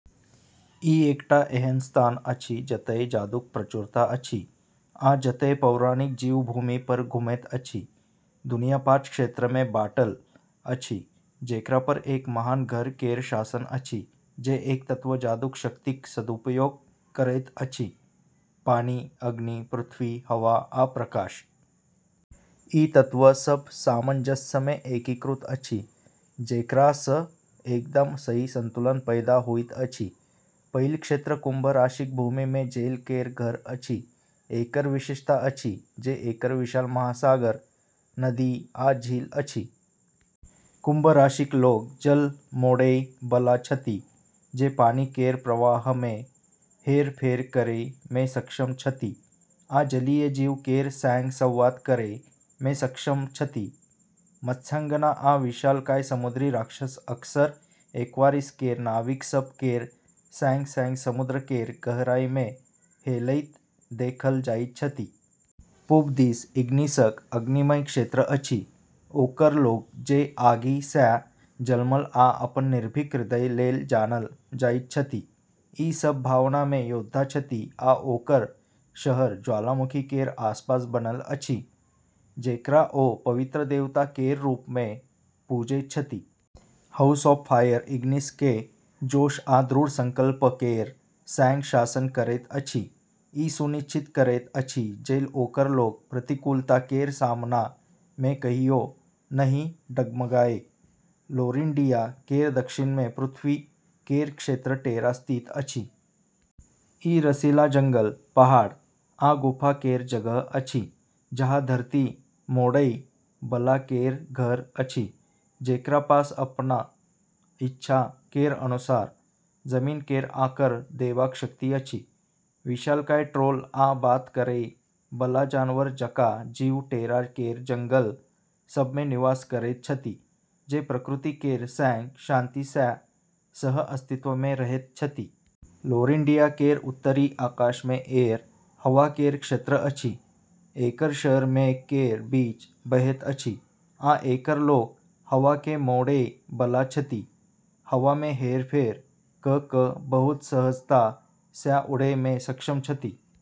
ई एकटा एहन स्थान अछि जतए जादूक प्रचुरता अछि आ जतए पौराणिक जीव भूमि पर घुमैत अछि। दुनिया पाँच क्षेत्र मे बाँटल अछि, जेकरा पर एक महान घर केर शासन अछि जे एक तत्व जादूक शक्तिक सदुपयोग करैत अछि- पानी, अग्नि, पृथ्वी, हवा, आ प्रकाश। ई तत्व सभ सामंजस्य मे एकीकृत अछि, जेकरा सँ एकदम सही संतुलन पैदा होइत अछि। पहिल क्षेत्र कुंभ राशिक भूमि मे जल केर घर अछि। एकर विशेषता अछि जे एकर विशाल महासागर, नदी, आ झील अछि। कुंभ राशिक लोक जल-मोड़ै बला छथि, जे पानी केर प्रवाह मे हेरफेर करै मे सक्षम छथि आ जलीय जीव केर सँग संवाद करै मे सक्षम छथि। मत्स्यांगना आ विशालकाय समुद्री राक्षस अक्सर एक्वारिस केर नाविक सभ केर सँग-सँग समुद्र केर गहराई मे हेलैत देखल जाइत छथि। पूब दिस इग्निसक अग्निमय क्षेत्र अछि; ओकर लोक जे आगि सँ जन्मल आ अपन निर्भीक हृदय लेल जानल जाइत छथि। ई सभ भावना मे योद्धा छथि आ ओकर शहर ज्वालामुखी केर आसपास बनल अछि, जेकरा ओ पवित्र देवता केर रूप मे पूजैत छथि। हाउस ऑफ फायर इग्निस केँ जोश आ दृढ़ संकल्प केर सँग शासन करैत अछि, ई सुनिश्चित करैत अछि जे ओकर लोक प्रतिकूलता केर सामना मे कहियो नहि डगमगाए। लोरिंडिया केर दक्षिण मे पृथ्वी केर क्षेत्र टेरा स्थित अछि। ई रसीला जंगल, पहाड़, आ गुफा केर जगह अछि, जहाँ धरती-मोड़ै बला केर घर अछि, जेकरा पास अपन इच्छा केर अनुसार जमीन केर आकार देबाक शक्ति अछि। विशालकाय ट्रोल आ बात करै बला जानवर जकाँ जीव टेरा केर जंगल सभ मे निवास करैत छथि, जे प्रकृति केर सँग शांति सँ सह-अस्तित्व मे रहैत छथि। लोरिंडिया केर उत्तरी आकाश मे एयर, हवा केर क्षेत्र अछि। एकर शहर मेघ केर बीच बहैत अछि, आ एकर लोक हवा केँ मोड़ै बला छथि, हवा मे हेरफेर कऽ कऽ बहुत सहजता सँ उड़ै मे सक्षम छथि।